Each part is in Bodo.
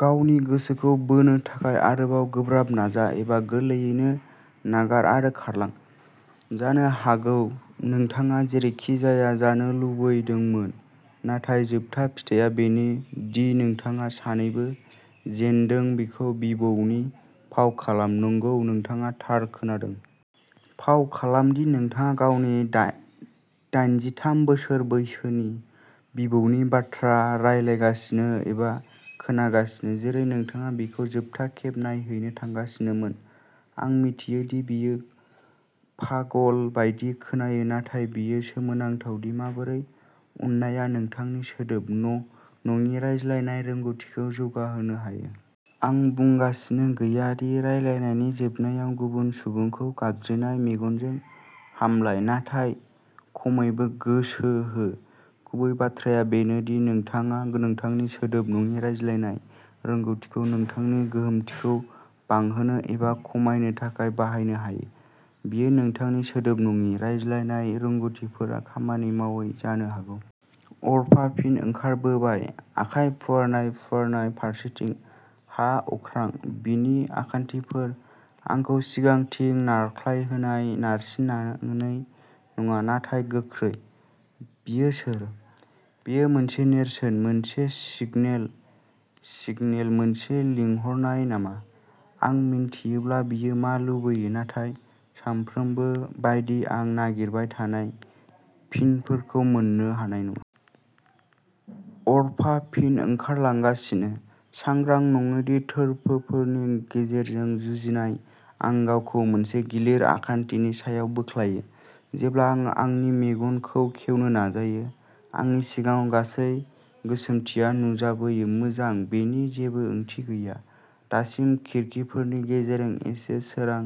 गावनि गोसोखौ बोनो थाखाय आरोबाव गोब्राब नाजा एबा गोरलैयैनो नागार आरो खारलां। जानो हागौ नोंथाङा जेरैखिजाया जानो लुबैदोंमोन। नाथाय जोबथा फिथाया बेनो दि नोंथाङा सानैबो जेनदों! बेखौ बिबौनि फाव खालाम! नंगौ, नोंथाङा थार खोनादों... फाव खालाम दि नोंथाङा गावनि दाइजिथाम बोसोर बैसोनि बिबौनि बाथ्रा रायलायगासिनो एबा खोनागासिनो, जेरै नोंथाङा बिखौ जोबथा खेब नायहैनो थांगासिनोमोन। आं मिथियो दि बेयो पागल बायदि खोनायो, नाथाय बेयो सोमोनांथाव दि माबोरै अननायआ नोंथांनि सोदोब नङि रायज्लायनाय रोंग'थिखौ जौगाहोनो हायो। आं बुंगासिनो गैया दि रायलायनायनि जोबनायाव गुबुन सुबुंखौ गाबज्रिनाय मेगनजों हामलाय, नाथाय खमैबो गोसो हो गुबै बाथ्राया बेनो दि नोंथाङा नोंथांनि सोदोब नङि रायज्लायनाय रोंग'थिखौ नोंथांनि गोहोमथिखौ बांहोनो एबा खमायनो थाखाय बाहायनो हायो। बेयो नोंथांनि सोदोब-नङि रायज्लायनाय रोंग'थिफोरा खामानि मावै जानो हागौ। अरआ फिन ओंखारबोबाय। आखाइ फुवारनाय, फुवारनाय, फारसेथिं, हा, अख्रां। बिनि आखान्थिफोर। आंखौ सिगांथिं नारख्लायहोनाय, नारसिननानै नङा, नाथाय गोख्रै। बियो सोर? बेयो मोनसे नेरसोन, मोनसे सिगनेल, मोनसे लिंहरनाय नामा? आं मिन्थियोब्ला बियो मा लुबैयो, नाथाय, सानफ्रोमबो बायदि, आं नागिरबाय थानाय फिनफोरखौ मोन्नो हानाय नङा। अरआ फिन ओंखारलांगासिनो! सांग्रां नङैनि थोरफोफोरनि गेजेरजों जुजिनाय, आं गावखौ मोनसे गिलिर आखान्थिनि सायाव बोख्लायो जेब्ला आं आंनि मेगनखौ खेवनो नाजायो। आंनि सिगाङाव गासै गोसोमथिया नुजाबोयो। मोजां, बेनि जेबो ओंथि गैया। दासिम खिरखिफोरनि गेजेरजों एसे सोरां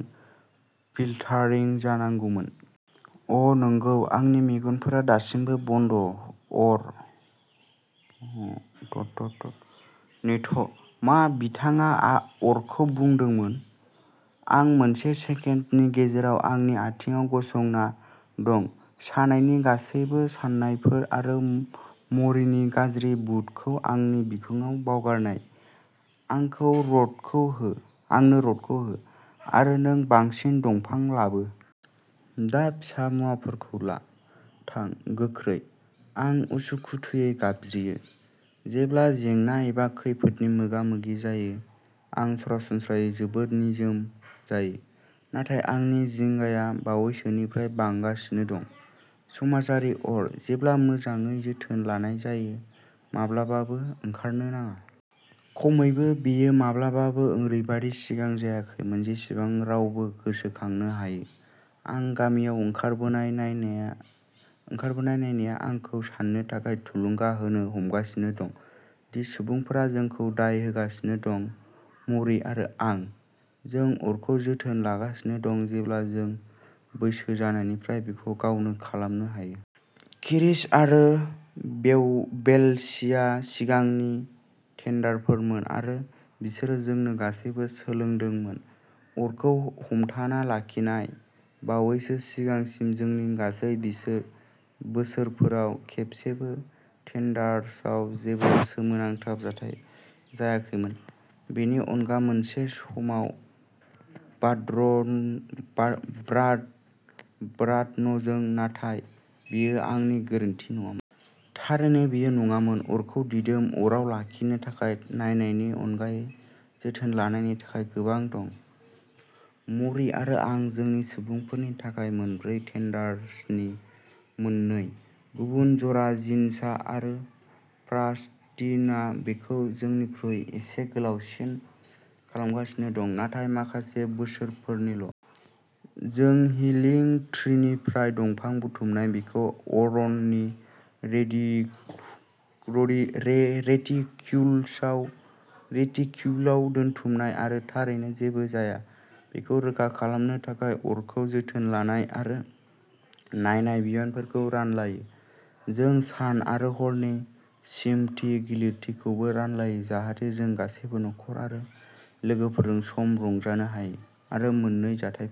फिल्टारिं जानांगौमोन। अ, नंगौ। आंनि मेगनफोरा दासिमबो बन्द। अर दट दट दट नेथ' मा बिथाङा अरखौ बुंदोंमोन आं मोनसे सेकेन्डनि गेजेराव आंनि आथिंआव गसंना दं, सानायनि गासैबो साननायफोर आरो म'रीनि गाज्रि बुटखौ आंनि बिखुङाव बावगारनाय। आंनो रडखौ हो आरो नों बांसिन दंफां लाबो। दा फिसा मुवाफोरखौ ला। थां, गोख्रै आं उसुखुथुयै गाबज्रियो। जेब्ला जेंना एबा खैफोदनि मोगा-मोगि जायो, आं सरासनस्रायै जोबोद निजोम जायो, नाथाय आंनि जिंगाया बावैसोनिफ्राय बांगासिनो दं। समाजारि अर, जेब्ला मोजाङै जोथोन लानाय जायो, माब्लाबाबो ओंखारनो नाङा। खमैबो, बेयो माब्लाबाबो ओरैबादि सिगां जायाखैमोन जेसेबां रावबो गोसोखांनो हायो। आं गामियाव ओंखारबोनाय नायनाया आंखौ साननो थाखाय थुलुंगा होनो हमगासिनो दं दि सुबुंफोरा जोंखौ दाय होगासिनो दं। म'री आरो आं। जों अरखौ जोथोन लागासिनो दं जेब्ला जों बैसो जानायनिफ्राय बेखौ गावनो खालामनो हायो। किरिस आरो वेलसीआ सिगांनि टेन्डारफोरमोन, आरो बिसोरो जोंनो गासैबो सोलोंदोंमोन। अरखौ हमथाना लाखिनाय। बावैसो सिगांसिम, जोंनि गासै बोसोरफोराव खेबसेबो टेन्डार्सआव जेबो सोमोनांथाव जाथाय जायाखैमोन। बेनि अनगा मोनसे समाव भ्राद'नजों, नाथाय बेयो आंनि गोरोन्थि नङामोन। थारैनो, बेयो नङामोन। अरखौ दिदोम अराव लाखिनो थाखाय नायनायनि अनगायै जोथोन लानायनि थाखाय गोबां दं। म'री आरो आं जोंनि सुबुंफोरनि थाखाय मोनब्रै टेन्डार्सनि मोननै। गुबुन जरा, जिनसा आरो प्रास्टिनआ बेखौ जोंनिख्रुइ एसे गोलावसिन खालामगासिनो दं, नाथाय माखासे बोसोरफोरनिल'। जों हिलिं ट्रीनिफ्राय दंफां बुथुमनाय, बेखौ अर न'नि रेटिक्युलआव दोनथुमनाय, आरो, थारैनो, जेबो जाया बेखौ रोखा खालामनो थाखाय अरखौ जोथोन लानाय आरो नायनाय बिबानफोरखौ रानलायो। जों सान आरो हरनि सिफ्टनि गिलिरथिखौबो रानलायो जाहाथे जों गासैबो नखर आरो लोगोफोरजों सम रंजानो हायो। आरो मोन्नै जाथायफोरनि